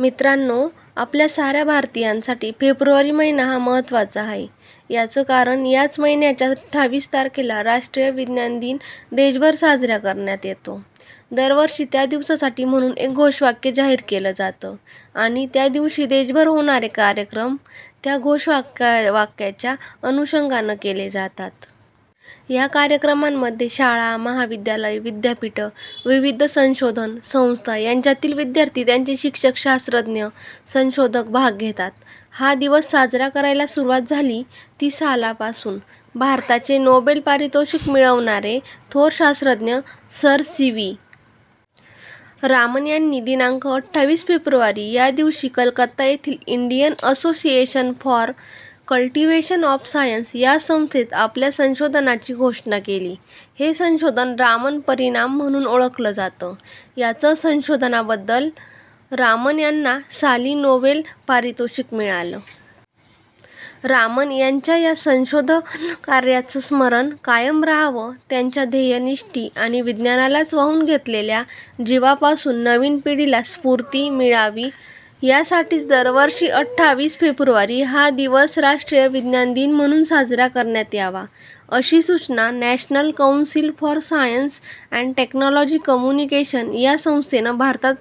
मित्रांनो, आपल्या साऱ्या भारतीयांसाठी फेब्रुवारी महिना हा महत्त्वाचा आहे. याचं कारण याच महिन्याच्या अठ्ठावीस तारखेला 'राष्ट्रीय विज्ञान दिन' देशभर साजरा करण्यात येतो. दरवर्षी त्या दिवसासाठी म्हणून एक घोषवाक्य जाहीर केलं जातं आणि त्या दिवशी देशभर होणारे कार्यक्रम त्या घोषवाक्याच्या अनुषंगानं केले जातात. या कार्यक्रमांमध्ये शाळा, महाविद्यालयं, विद्यापीठं, विविध संशोधन संस्था यांच्यातील विद्यार्थी, त्यांचे शिक्षक, शास्त्रज्ञ, संशोधक भाग घेतात. हा दिवस साजरा करायला सुरुवात झाली, ती सालापासून. भारताचे नोबेल पारितोषिक मिळवणारे थोर शास्त्रज्ञ सर सी. व्ही. रामन यांनी दि. अठ्ठावीस फेब्रुवारी या दिवशी कलकत्ता येथील 'Indian Association for Cultivation of Science' या संस्थेत आपल्या संशोधनाची घोषणा केली. हे संशोधन 'रामन परिणाम' म्हणून ओळखलं जातं. याच संशोधनाबद्दल रामन यांना साली नोबेल पारितोषिक मिळालं. रामन यांच्या या संशोधनकार्याचं स्मरण कायम राहावं, त्यांच्या ध्येयनिष्ठ आणि विज्ञानालाच वाहून घेतलेल्या जीवनापासून नवीन पिढीला स्फूर्ती मिळावी, यासाठीच दरवर्षी अठ्ठावीस फेब्रुवारी हा दिवस 'राष्ट्रीय विज्ञान दिन' म्हणून साजरा करण्यात यावा, अशी सूचना 'National Council for Science and Technology Communication' या संस्थेनं भारत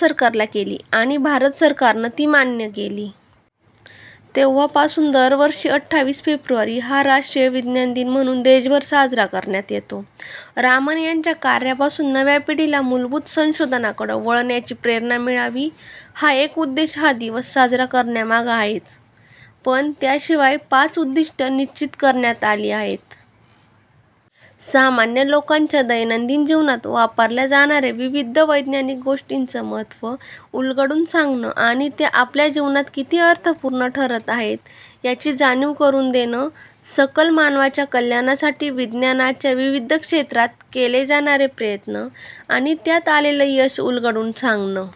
सरकारला केली आणि भारत सरकारनं ती मान्य केली. तेव्हापासून दरवर्षी अठ्ठावीस फेब्रुवारी हा 'राष्ट्रीय विज्ञान दिन' म्हणून देशभर साजरा करण्यात येतो. रामन यांच्या कार्यापासून नव्या पिढीला मूलभूत संशोधनाकडं वळण्याची प्रेरणा मिळावी, हा एक उद्देश हा दिवस साजरा करण्यामागं आहेच, पण त्याशिवाय पाच उद्दिष्टं निश्चित करण्यात आली आहेत. सामान्य लोकांच्या दैनंदिन जीवनात वापरल्या जाणाऱ्या विविध वैज्ञानिक गोष्टींचं महत्त्व उलगडून सांगणं आणि त्या आपल्या जीवनात किती अर्थपूर्ण ठरत आहेत, याची जाणीव करून देणं. सकल मानवाच्या कल्याणासाठी विज्ञानाच्या विविध क्षेत्रांत केले जाणारे प्रयत्न आणि त्यात आलेलं यश उलगडून सांगणं.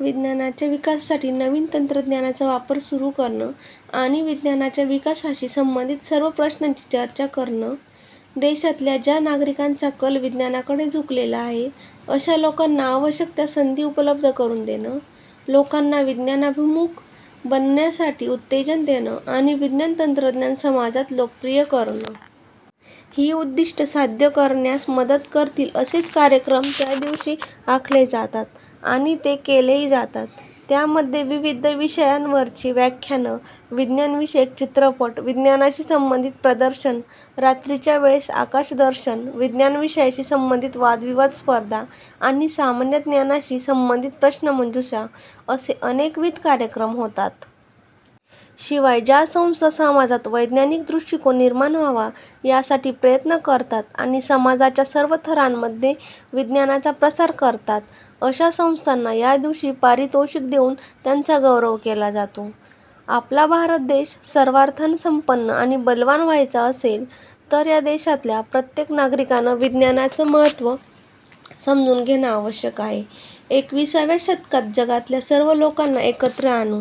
विज्ञानाच्या विकासासाठी नवीन तंत्रज्ञानाचा वापर सुरू करणं आणि विज्ञानाच्या विकासाशी संबंधित सर्व प्रश्नांची चर्चा करणं. देशातल्या ज्या नागरिकांचा कल विज्ञानाकडं झुकलेला आहे, अशा लोकांना आवश्यक त्या संधी उपलब्ध करून देणं. लोकांना विज्ञानाभिमुख बनण्यासाठी उत्तेजन देणं आणि विज्ञान-तंत्रज्ञान समाजात लोकप्रिय करणं. ही उद्दिष्टं साध्य करण्यास मदत करतील असेच कार्यक्रम त्या दिवशी आखले जातात आणि ते केलेही जातात. त्यामध्ये विविध विषयांवरची व्याख्यानं, विज्ञानविषयक चित्रपट, विज्ञानाशी संबंधित प्रदर्शनं, रात्रीच्या वेळेस आकाशदर्शन, विज्ञानविषयाशी संबंधित वादविवाद स्पर्धा आणि सामान्यज्ञानाशी संबंधित प्रश्नमंजुषा असे अनेकविध कार्यक्रम होतात. शिवाय ज्या संस्था समाजात वैज्ञानिक दृष्टिकोन निर्माण व्हावा यासाठी प्रयत्न करतात आणि समाजाच्या सर्व थरांमध्ये विज्ञानाचा प्रसार करतात, अशा संस्थांना या दिवशी पारितोषिक देऊन त्यांचा गौरव केला जातो. आपला भारत देश सर्वार्थानं संपन्न आणि बलवान व्हायचा असेल, तर या देशातल्या प्रत्येक नागरिकानं विज्ञानाचं महत्त्व समजून घेणं आवश्यक आहे. एकविसाव्या शतकात जगातल्या सर्व लोकांना एकत्र आणू